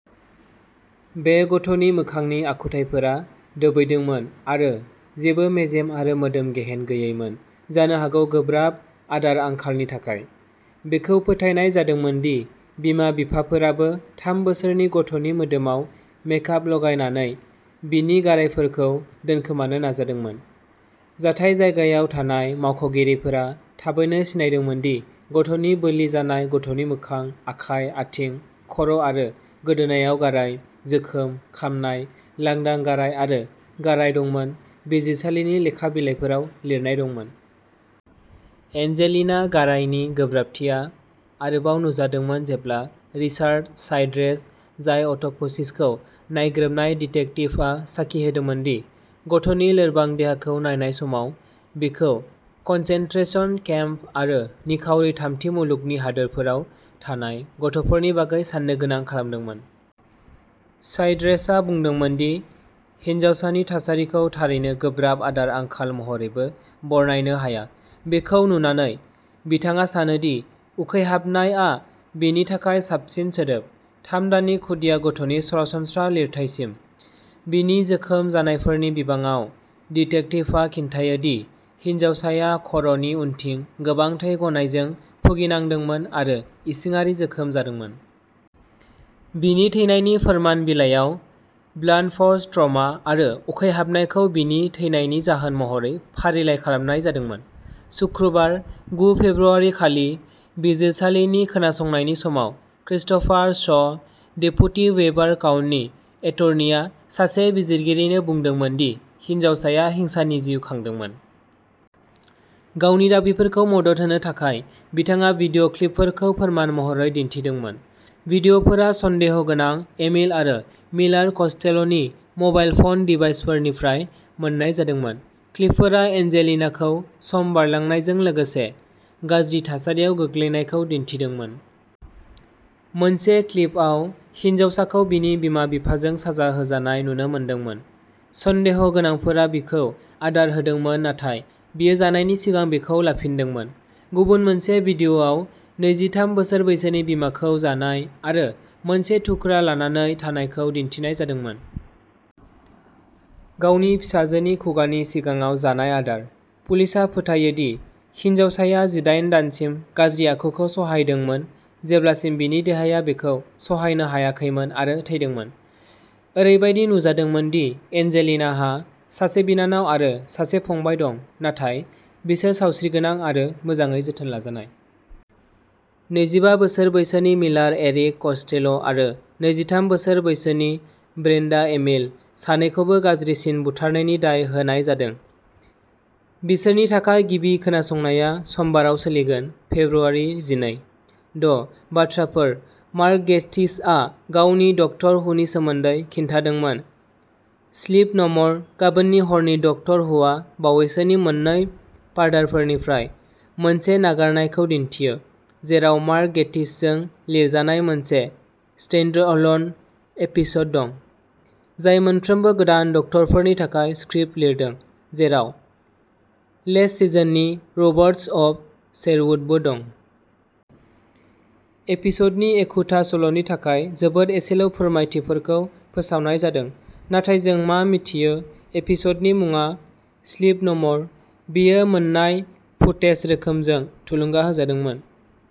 बे गथ'नि मोखांनि आखुथाइफोरा दोबैदोंमोन आरो जेबो मेजेम एबा मोदोम-गेहेन गैयैमोन, जानो हागौ गोब्राब आदार आंखालनि थाखाय। बेखौ फोथायनाय जादोंमोन दि बिमा-बिफाफोराबो थाम बोसोरनि गथ'नि मोदोमाव मेकाप लागायनानै बिनि गारायफोरखौ दोनखोमानो नाजादोंमोन। जाथाय जायगायाव थानाय मावख'गिरिफोरा थाबैनो सिनायदोंमोन दि गथ'नि बोलि जानाय गथ'नि मोखां, आखाइ, आथिं, खर'आरो गोदोनायाव गाराय, जोखोम, खामनाय, लांदां गाराय आरो गाराय दंमोन बिजिरसालिनि लेखा बिलाइफोराव लिरनाय दंमोन। एन्जेलिना गारायनि गोब्राबथिया आरोबाव नुजादोंमोन जेब्ला रिचार्ड चाइल्ड्रेस, जाय अट'प'सिसखौ नायग्रोमनाय डिटेक्टिभआ साखि होदोंमोन दि गथ'नि लोरबां देहाखौ नायनाय समाव, बिखौ कन्सेन्ट्रेशन केम्प आरो निखावरि थामथि मुलुगनि हादोरफोराव थानाय गथ'फोरनि बागै साननो गोनां खालामदोंमोन। चाइल्ड्रेसआ बुंदोंमोन दि हिनजावसानि थासारिखौ थारैनो गोब्राब आदार आंखाल महरैबो बरनायनो हाया। बेखौ नुनानै, बिथाङा सानो दि उखैहाबनाय आ बेनि थाखाय साबसिन सोदोब। थाम दाननि खुदिया गथनि सरासनस्रा लिरथाइसिम। बिनि जोखोम जानायफोरनि बिबाङाव, डिटेक्टिभआ खिन्थायो दि हिनजावसाया खर नि उनथिं गोबां थै गनायजों भुगिनांदोंमोन आरो इसिङारि जोखोम जादोंमोन। बिनि थैनायनि फोरमान बिलाइयाव, ब्लान्ट फर्स ट्रमा आरो उखैहाबनायखौ बिनि थैनायनि जाहोन महरै फारिलाइ खालामनाय जादोंमोन। सुक्रुबार, गु फेब्रुआरिखालि बिजिरसालिनि खोनासंनायनि समाव, Christopher Shaw, deputy Weber County एटर्नीआ सासे बिजिरगिरिनो बुंदोंमोन दि हिनजावसाया हिंसानि जिउ खांदोंमोन। गावनि दाबिफोरखौ मदद होनो थाखाय, बिथाङा भिडिअ क्लिपफोरखौ फोरमान महरै दिन्थिदोंमोन। भिडिअ फोरा सन्देह' गोनां एमिल आरो मिलार कस्टेल'नि मबाइल फ'न डिभाइसफोरनिफ्राय मोन्नाय जादोंमोन। क्लिपफोरा एन्जेलिनाखौ सम बारलांनायजों लोगोसे गाज्रि थासारियाव गोग्लैनायखौ दिन्थिदोंमोन। मोनसे क्लिपआव, हिनजावसाखौ बिनि बिमा-बिफाजों साजा होजानाय नुनो मोनदोंमोन। सन्देह' गोनांफोरा बिखौ आदार होदोंमोन नाथाय बियो जानायनि सिगां बेखौ लाफिनदोंमोन। गुबुन मोनसे वीडिय'आव नैजिथाम बोसोर बैसोनि बिमाखौ जानाय आरो मोनसे थुख्रा लानानै थानायखौ दिन्थिनाय जादोंमोन। गावनि फिसाजोनि खुगानि सिगाङाव जानाय आदार। पुलिसआ फोथायो दि हिनजावसाया जिदायेन दानसिम गाज्रि आखुखौ सहायदोंमोन जेब्लासिम बिनि देहाया बेखौ सहायनो हायाखैमोन आरो थैदोंमोन। ओरैबायदि नुजादोंमोन दि एन्जेलिनाहा सासे बिनानाव आरो सासे फंबाय दं नाथाय बिसोर सावस्रिगोनां आरो मोजाङै जोथोन लाजानाय। नैजिबा बोसोर बैसोनि मिलार एरिक कस्टेल' आरो नैजिथाम बोसोर बैसोनि ब्रेन्डा एमिल, सानैखौबो गाज्रिसिन बुथारनायनि दाय होनाय जादों। बिसोरनि थाखाय गिबि खोनासंनाया समबाराव सोलिगोन, फेब्रुआरि जिनै। द' बाथ्राफोर मार्क गेटिसआ गावनि डक्टर हुनि सोमोन्दै खिन्थादोंमोन, स्लिप न'मर गाबोननि हरनि डक्टर हुआ बावैसोनि मोननै पार्टारफोरनिफ्राय मोनसे नागारनायखौ दिन्थियो, जेराव मार्क गेटिसजों लिरजानाय मोनसे स्ट्यान्डअल'न एपिसड दं, जाय मोनफ्रोमबो गोदान डक्टरफोरनि थाखाय स्क्रिप्ट लिरदों, जेराव लेस्ट सिजननि रबट्स अफ शेरवुड बो दं। एपिसडनि एखुथा सल'नि थाखाय, जोबोद एसेल' फोरमायथिफोरखौ फोसावनाय जादों, नाथाय जों मा मिथियो एपिसडनि मुङा स्लिप न'मर बेयो मोन्नाय फुटेज रोखोमजों थुलुंगा होजादोंमोन।